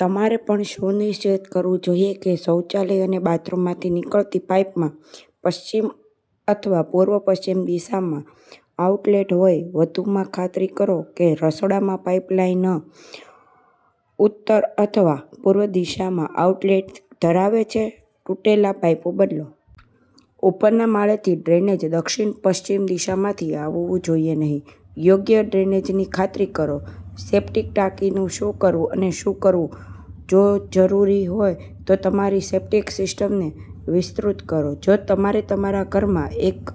તમારે પણ સુનિશ્ચિત કરવું જોઈએ કે શૌચાલય અને બાથરૂમમાંથી નીકળતી પાઇપમાં પશ્ચિમ અથવા પૂર્વ પશ્ચિમ દિશામાં આઉટલેટ હોય. વધુમાં, ખાતરી કરો કે રસોડામાં પાઇપલાઇન ઉત્તર અથવા પૂર્વ દિશામાં આઉટલેટ ધરાવે છે. તૂટેલા પાઈપો બદલો. ઉપરના માળેથી ડ્રેનેજ દક્ષિણ-પશ્ચિમ દિશામાંથી આવવું જોઈએ નહીં. યોગ્ય ડ્રેનેજની ખાતરી કરો. સેપ્ટિક ટાંકીનું શું કરવું અને શું કરવું. જો જરૂરી હોય તો, તમારી સેપ્ટિક સિસ્ટમને વિસ્તૃત કરો. જો તમારે તમારા ઘરમાં એક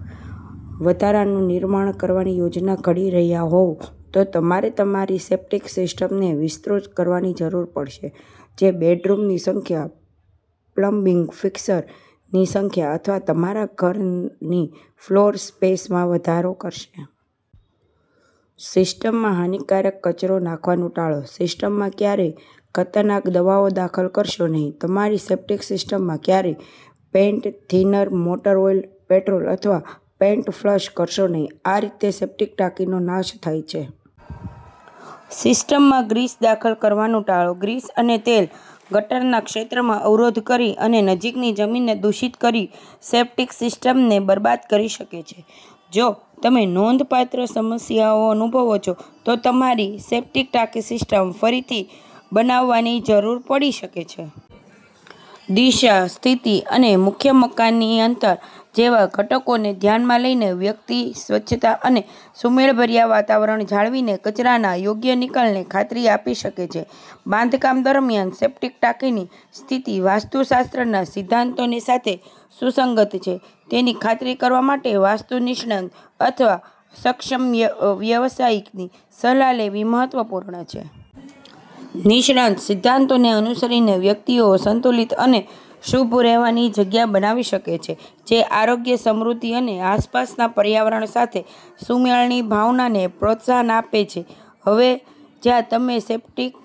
વધારાનું નિર્માણ કરવાની યોજના ઘડી રહ્યા હોવ, તો તમારે તમારી સેપ્ટિક સિસ્ટમને વિસ્તૃત કરવાની જરૂર પડશે, જે બેડરૂમની સંખ્યા, પ્લમ્બિંગ ફિક્સરની સંખ્યા અથવા તમારા ઘરની ફ્લોર સ્પેસમાં વધારો કરશે. સિસ્ટમમાં હાનિકારક કચરો નાખવાનું ટાળો. સિસ્ટમમાં ક્યારેય ખતરનાક દવાઓ દાખલ કરશો નહીં. તમારી સેપ્ટિક સિસ્ટમમાં ક્યારેય paint thinner, motor oil, petrol અથવા પેઇન્ટ ફ્લશ કરશો નહીં. આ રીતે સેપ્ટિક ટાંકીનો નાશ થાય છે. સિસ્ટમમાં ગ્રીસ દાખલ કરવાનું ટાળો. ગ્રીસ અને તેલ ગટરના ક્ષેત્રને અવરોધ કરીને અને નજીકની જમીનને દૂષિત કરીને સેપ્ટિક સિસ્ટમને બરબાદ કરી શકે છે. જો તમે નોંધપાત્ર સમસ્યાઓ અનુભવો છો, તો તમારી સેપ્ટિક ટાંકી સિસ્ટમ ફરીથી બનાવવાની જરૂર પડી શકે છે. દિશા, સ્થિતિ અને મુખ્ય મકાનથી અંતર જેવા ઘટકોને ધ્યાનમાં લઈને, વ્યક્તિ સ્વચ્છતા અને સુમેળભર્યું વાતાવરણ જાળવીને કચરાના યોગ્ય નિકાલની ખાતરી આપી શકે છે. બાંધકામ દરમિયાન, સેપ્ટિક ટાંકીની સ્થિતિ વાસ્તુશાસ્ત્રના સિદ્ધાંતો સાથે સુસંગત છે તેની ખાતરી કરવા માટે વાસ્તુ નિષ્ણાત અથવા સક્ષમ વ્ય વ્યાવસાયિકની સલાહ લેવી મહત્વપૂર્ણ છે. નિષ્ણાત સિદ્ધાંતોને અનુસરીને વ્યક્તિઓ સંતુલિત અને શુભ રહેવાની જગ્યા બનાવી શકે છે, જે આરોગ્ય, સમૃદ્ધિ અને આસપાસના પર્યાવરણ સાથે સુમેળની ભાવનાને પ્રોત્સાહન આપે છે. હવે જ્યા તમે સેપ્ટિક